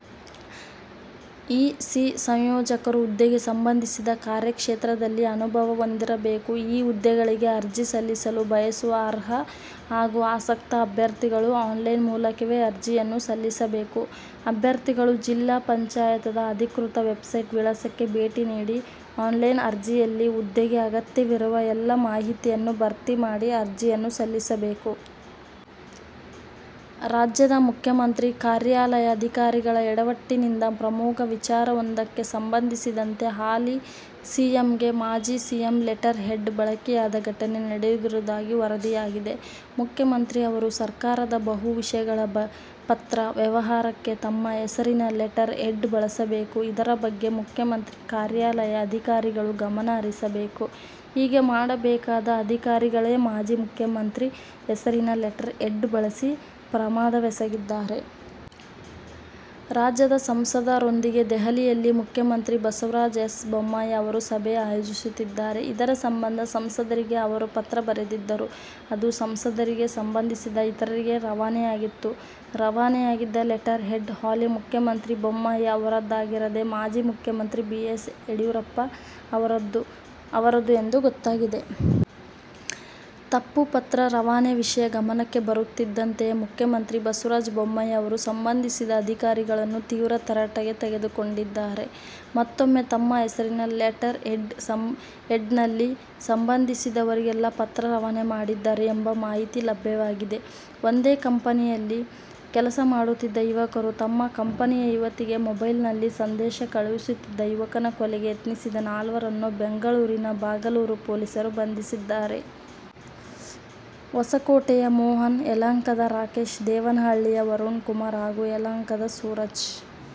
E. C ಸಂಯೋಜಕರು ಹುದ್ದೆಗೆ ಸಂಬಂಧಿಸಿದ ಕಾರ್ಯಕ್ಷೇತ್ರದಲ್ಲಿ ಅನುಭವ ಹೊಂದಿರಬೇಕು ಈ ಹುದ್ದೆಗಳಿಗೆ ಅರ್ಜಿ ಸಲ್ಲಿಸಲು ಬಯಸುವ ಅರ್ಹ ಹಾಗೂ ಆಸಕ್ತ ಅಭ್ಯರ್ಥಿಗಳು ಆನ್ಲೈನ್ ಮೂಲಕವೇ ಅರ್ಜಿಯನ್ನು ಸಲ್ಲಿಸಬೇಕು. ಅಭ್ಯರ್ಥಿಗಳು ಜಿಲ್ಲಾ ಪಂಚಾಯತದ ಅಧಿಕೃತ ವೆಬ್ಸೈಟ್ ವಿಳಾಸಕ್ಕೆ ಭೇಟಿ ನೀಡಿ, ಆನ್ಲೈನ್ ಅರ್ಜಿಯಲ್ಲಿ ಹುದ್ದೆಗೆ ಅಗತ್ಯವಿರುವ ಎಲ್ಲಾ ಮಾಹಿತಿಯನ್ನು ಭರ್ತಿ ಮಾಡಿ ಅರ್ಜಿಯನ್ನು ಸಲ್ಲಿಸಬೇಕು. ರಾಜ್ಯದ ಮುಖ್ಯಮಂತ್ರಿ ಕಾರ್ಯಾಲಯ ಅಧಿಕಾರಿಗಳ ಎಡವಟ್ಟಿನಿಂದ ಪ್ರಮುಖ ವಿಚಾರವೊಂದಕ್ಕೆ ಸಂಬಂಧಿಸಿದಂತೆ ಹಾಲಿ ಸಿಎಂಗೆ ಮಾಜಿ ಸಿಎಂ ಲೆಟರ್ ಹೆಡ್ ಬಳಕೆಯಾದ ಘಟನೆ ನಡೆದಿರುವುದಾಗಿ ವರದಿಯಾಗಿದೆ. ಮುಖ್ಯಮಂತ್ರಿ ಅವರು ಸರ್ಕಾರದ ಬಹು ವಿಷಯಗಳ ಪತ್ರ ವ್ಯವಹಾರಕ್ಕೆ ತಮ್ಮ ಹೆಸರಿನ ಲೆಟರ್ ಹೆಡ್ ಬಳಸಬೇಕು. ಇದರ ಬಗ್ಗೆ ಮುಖ್ಯಮಂತ್ರಿ ಕಾರ್ಯಾಲಯ ಅಧಿಕಾರಿಗಳು ಗಮನ ಹರಿಸಬೇಕು, ಹೀಗೆ ಮಾಡಬೇಕಾದ ಅಧಿಕಾರಿಗಳೇ ಮಾಜಿ ಮುಖ್ಯಮಂತ್ರಿ ಹೆಸರಿನ ಲೆಟರ್ ಹೆಡ್ ಬಳಸಿ ಪ್ರಮಾದವೆಸಗಿದ್ದಾರೆ. ರಾಜ್ಯದ ಸಂಸದರೊಂದಿಗೆ ದೆಹಲಿಯಲ್ಲಿ ಮುಖ್ಯಮಂತ್ರಿ ಬಸವರಾಜ ಎಸ್ ಬೊಮ್ಮಾಯಿ ಅವರು ಸಭೆ ಆಯೋಜಿಸುತ್ತಿದ್ದಾರೆ. ಇದರ ಸಂಬಂಧ ಸಂಸದರಿಗೆ ಅವರು ಪತ್ರ ಬರೆದಿದ್ದರು. ಅದು ಸಂಸದರಿಗೆ, ಸಂಬಂಧಿಸಿದ ಇತರರಿಗೆ ರವಾನೆಯಾಗಿತ್ತು. ರವಾನೆಯಾಗಿದ್ದ ಲೆಟರ್ ಹೆಡ್ ಹಾಲಿ ಮುಖ್ಯಮಂತ್ರಿ ಬೊಮ್ಮಾಯಿ ಅವರದ್ದಾಗಿರದೇ ಮಾಜಿ ಮುಖ್ಯಮಂತ್ರಿ ಬಿ. ಎಸ್. ಯಡಿಯೂರಪ್ಪ ಅವರದು ಎಂದು ಗೊತ್ತಾಗಿದೆ. ತಪ್ಪು ಪತ್ರ ರವಾನೆ ವಿಷಯ ಗಮನಕ್ಕೆ ಬರುತ್ತಿದ್ದಂತೆಯೇ ಮುಖ್ಯಮಂತ್ರಿ ಬಸವರಾಜ ಬೊಮ್ಮಾಯಿ ಅವರು ಸಂಬಂಧಿಸಿದ ಅಧಿಕಾರಿಗಳನ್ನು ತೀವ್ರ ತರಾಟೆಗೆ ತೆಗೆದುಕೊಂಡಿದ್ದಾರೆ. ಮತ್ತೊಮ್ಮೆ ತಮ್ಮ ಹೆಸರಿನ ಲೆಟರ್ ಹೆಡ್ ನಲ್ಲಿ ಸಂಬಂಧಿಸಿದವರಿಗೆಲ್ಲ ಪತ್ರ ರವಾನೆ ಮಾಡಿದ್ದಾರೆ ಎಂಬ ಮಾಹಿತಿ ಲಭ್ಯವಾಗಿದೆ. ಒಂದೇ ಕಂಪನಿಯಲ್ಲಿ ಕೆಲಸ ಮಾಡುತ್ತಿದ್ದ ಯುವಕರು ತಮ್ಮ ಕಂಪನಿಯ ಯುವತಿಗೆ ಮೊಬೈಲ್ ನಲ್ಲಿ ಸಂದೇಶ ಕಳುಹಿಸುತ್ತಿದ್ದ ಯುವಕನ ಕೊಲೆಗೆ ಯತ್ನಿಸಿದ ನಾಲ್ವರನ್ನು ಬೆಂಗಳೂರಿನ ಬಾಗಲೂರು ಪೊಲೀಸರು ಬಂಧಿಸಿದ್ದಾರೆ. ಹೊಸಕೋಟೆಯ ಮೋಹನ್, ಯಲಹಂಕದ ರಾಕೇಶ್, ದೇವನಹಳ್ಳಿಯ ವರುಣ್ ಕುಮಾರ್ ಹಾಗೂ ಯಲಹಂಕದ ಸೂರಜ್